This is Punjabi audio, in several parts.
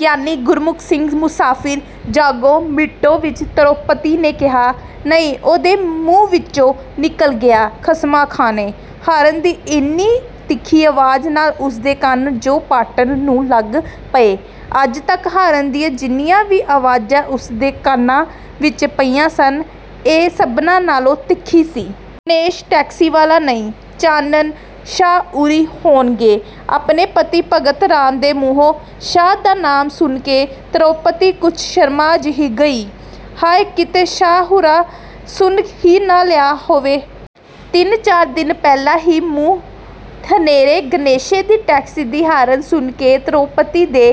ਗਿਆਨੀ ਗੁਰਮੁਖ ਸਿੰਘ ਮੁਸਾਫ਼ਿਰ ਜਾਗੋ ਮੀਟੋ ਵਿੱਚ ਧਰੋਪਤੀ ਨੇ ਕਿਹਾ, ਨਹੀਂ ਉਹਦੇ ਮੂੰਹ ਵਿਚੋਂ ਨਿਕਲ ਗਿਆ, "ਖਸਮਾਂ ਖਾਣੇ।" ਹਾਰਨ ਦੀ ਇੰਨੀ ਤਿੱਖੀ ਆਵਾਜ਼ ਨਾਲ ਉਸ ਦੇ ਕੰਨ ਜੋ ਪਾਟਣ ਨੂੰ ਲੱਗ ਪਏ। ਅੱਜ ਤੱਕ ਹਾਰਨ ਦੀਆਂ ਜਿੰਨੀਆਂ ਵੀ ਆਵਾਜ਼ਾਂ ਉਸ ਦੇ ਕੰਨਾਂ ਵਿੱਚ ਪਈਆਂ ਸਨ, ਇਹ ਸਭਨਾਂ ਨਾਲੋਂ ਤਿੱਖੀ ਸੀ। "ਗਣੇਸ਼ ਟੈਕਸੀ ਵਾਲਾ ਨਹੀਂ, ਚਾਨਣ ਸ਼ਾਹ ਉਰੀ ਹੋਣਗੇ।" ਆਪਣੇ ਪਤੀ ਭਗਤ ਰਾਮ ਦੇ ਮੂੰਹੋਂ ਸ਼ਾਹ ਦਾ ਨਾਮ ਸੁਣ ਕੇ ਧਰੋਪਤੀ ਕੁਝ ਸ਼ਰਮਾ ਜਿਹੀ ਗਈ, "ਹਾਏ ਕਿਤੇ ਸ਼ਾਹ ਹੁਰਾਂ ਸੁਣ ਹੀ ਨਾ ਲਿਆ ਹੋਵੇ।" ਤਿੰਨ-ਚਾਰ ਦਿਨ ਪਹਿਲਾਂ ਹੀ ਮੂੰਹ ਹਨੇਰੇ ਗਣੇਸ਼ੇ ਦੀ ਟੈਕਸੀ ਦੀ ਹਾਰਨ ਸੁਣ ਕੇ ਧਰੋਪਤੀ ਦੇ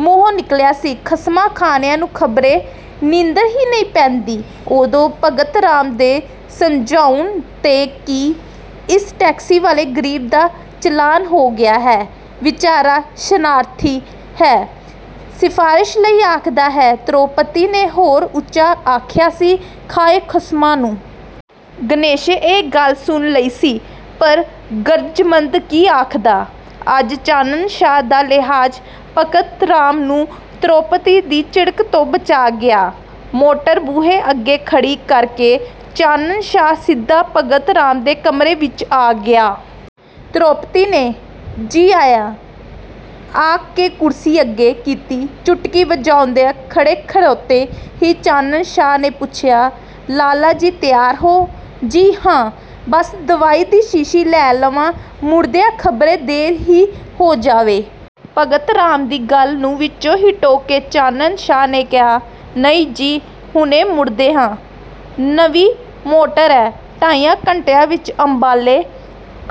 ਮੂੰਹੋਂ ਨਿਕਲਿਆ ਸੀ, "ਖਸਮਾਂ ਖਾਣਿਆਂ ਨੂੰ ਖ਼ਬਰੇ ਨੀਂਦਰ ਹੀ ਨਹੀਂ ਪੈਂਦੀ।" ਉਦੋਂ ਭਗਤ ਰਾਮ ਦੇ ਸਮਝਾਉਣ 'ਤੇ ਕਿ "ਇਸ ਟੈਕਸੀ ਵਾਲੇ ਗਰੀਬ ਦਾ ਚਲਾਨ ਹੋ ਗਿਆ ਹੈ, ਵਿਚਾਰਾ ਸ਼ਰਨਾਰਥੀ ਹੈ, ਸਿਫਾਰਸ਼ ਲਈ ਆਖਦਾ ਹੈ", ਧਰੋਪਤੀ ਨੇ ਹੋਰ ਉਚਾ ਆਖਿਆ ਸੀ, "ਖਾਏ ਖਸਮਾਂ ਨੂੰ।" ਗਣੇਸ਼ੇ ਇਹ ਗੱਲ ਸੁਣ ਲਈ ਸੀ, ਪਰ ਗ਼ਰਜ਼ਮੰਦ ਕੀ ਆਖਦਾ? ਅੱਜ ਚਾਨਣ ਸ਼ਾਹ ਦਾ ਲਿਹਾਜ਼ ਭਗਤ ਰਾਮ ਨੂੰ ਧਰੋਪਤੀ ਦੀ ਝਿੜਕ ਤੋਂ ਬਚਾ ਗਿਆ। ਮੋਟਰ ਬੂਹੇ ਅੱਗੇ ਖੜ੍ਹੀ ਕਰ ਕੇ ਚਾਨਣ ਸ਼ਾਹ ਸਿੱਧਾ ਭਗਤ ਰਾਮ ਦੇ ਕਮਰੇ ਵਿੱਚ ਆ ਗਿਆ। ਧਰੋਪਤੀ ਨੇ 'ਜੀ ਆਇਆਂ' ਆਖ ਕੇ ਕੁਰਸੀ ਅੱਗੇ ਕੀਤੀ। ਚੁਟਕੀ ਵਜਾਉਂਦਿਆਂ ਖੜੇ-ਖੜੋਤੇ ਹੀ ਚਾਨਣ ਸ਼ਾਹ ਨੇ ਪੁੱਛਿਆ, "ਲਾਲਾ ਜੀ ਤਿਆਰ ਹੋ?" ਜੀ ਹਾਂ, ਬਸ ਦਵਾਈ ਦੀ ਸ਼ੀਸ਼ੀ ਲੈ ਲਵਾਂ, ਮੁੜਦਿਆਂ ਖਬਰੇ ਦੇਰ ਹੀ ਹੋ ਜਾਵੇ। ਭਗਤ ਰਾਮ ਦੀ ਗੱਲ ਨੂੰ ਵਿਚੋਂ ਹੀ ਟੋਕ ਕੇ ਚਾਨਣ ਸ਼ਾਹ ਨੇ ਕਿਹਾ, "ਨਹੀਂ ਜੀ, ਹੁਣੇ ਮੁੜਦੇ ਹਾਂ, ਨਵੀਂ ਮੋਟਰ ਏ, ਢਾਈਆਂ ਘੰਟਿਆਂ ਵਿੱਚ ਅੰਬਾਲੇ,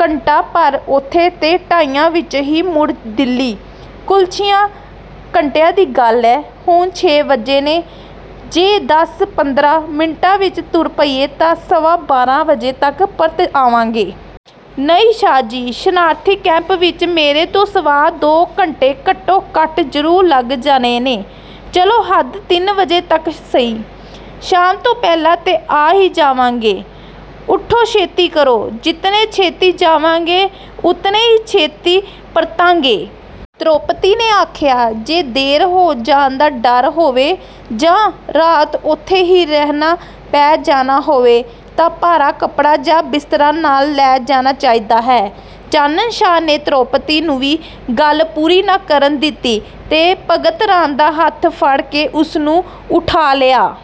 ਘੰਟਾ ਭਰ ਉਥੇ ਤੇ ਢਾਈਆਂ ਵਿੱਚ ਹੀ ਮੁੜ ਦਿੱਲੀ, ਕੁਲ ਛਿਆਂ ਘੰਟਿਆਂ ਦੀ ਗੱਲ ਏ, ਹੁਣ ਛੇ ਵਜੇ ਨੇ, ਜੇ ਦਸਾਂ-ਪੰਦਰਾਂ ਮਿੰਟਾਂ ਵਿੱਚ ਤੁਰ ਪਈਏ ਤਾਂ ਸਵਾ ਬਾਰਾਂ ਵਜੇ ਤੱਕ ਪਰਤ ਆਵਾਂਗੇ।" ਨਹੀਂ ਸ਼ਾਹ ਜੀ, ਸ਼ਰਨਾਰਥੀ ਕੈਂਪ ਵਿੱਚ ਮੇਰੇ ਦੋ ਸਵਾ ਦੋ ਘੰਟੇ ਘਟੋ-ਘੱਟ ਜ਼ਰੂਰ ਲੱਗ ਜਾਣੇ ਨੇ। "ਚਲੋ ਹੱਦ ਤਿੰਨ ਵਜੇ ਤੱਕ ਸਹੀ, ਸ਼ਾਮ ਤੋਂ ਪਹਿਲਾਂ 'ਤੇ ਆ ਹੀ ਜਾਵਾਂਗੇ, ਉਠੋ ਛੇਤੀ ਕਰੋ। ਜਿਤਨੇ ਛੇਤੀ ਜਾਵਾਂਗੇ, ਉਤਨੇ ਹੀ ਛੇਤੀ ਪਰਤਾਂਗੇ।" ਧਰੋਪਤੀ ਨੇ ਆਖਿਆ, "ਜੇ ਦੇਰ ਹੋ ਜਾਣ ਦਾ ਡਰ ਹੋਵੇ ਜਾਂ ਰਾਤ ਉਥੇ ਹੀ ਰਹਿਣਾ ਪੈ ਜਾਣਾ ਹੋਵੇ ਤਾਂ ਭਾਰਾ ਕੱਪੜਾ ਜਾਂ ਬਿਸਤਰਾ ਨਾਲ਼ ਲੈ ਜਾਣਾ ਚਾਹੀਦਾ ਹੈ।" ਚਾਨਣ ਸ਼ਾਹ ਨੇ ਧਰੋਪਤੀ ਨੂੰ ਵੀ ਗੱਲ ਪੂਰੀ ਨਾ ਕਰਨ ਦਿੱਤੀ ਤੇ ਭਗਤ ਰਾਮ ਦਾ ਹੱਥ ਫੜ ਕੇ ਉਸ ਨੂੰ ਉੱਠਾ ਲਿਆ।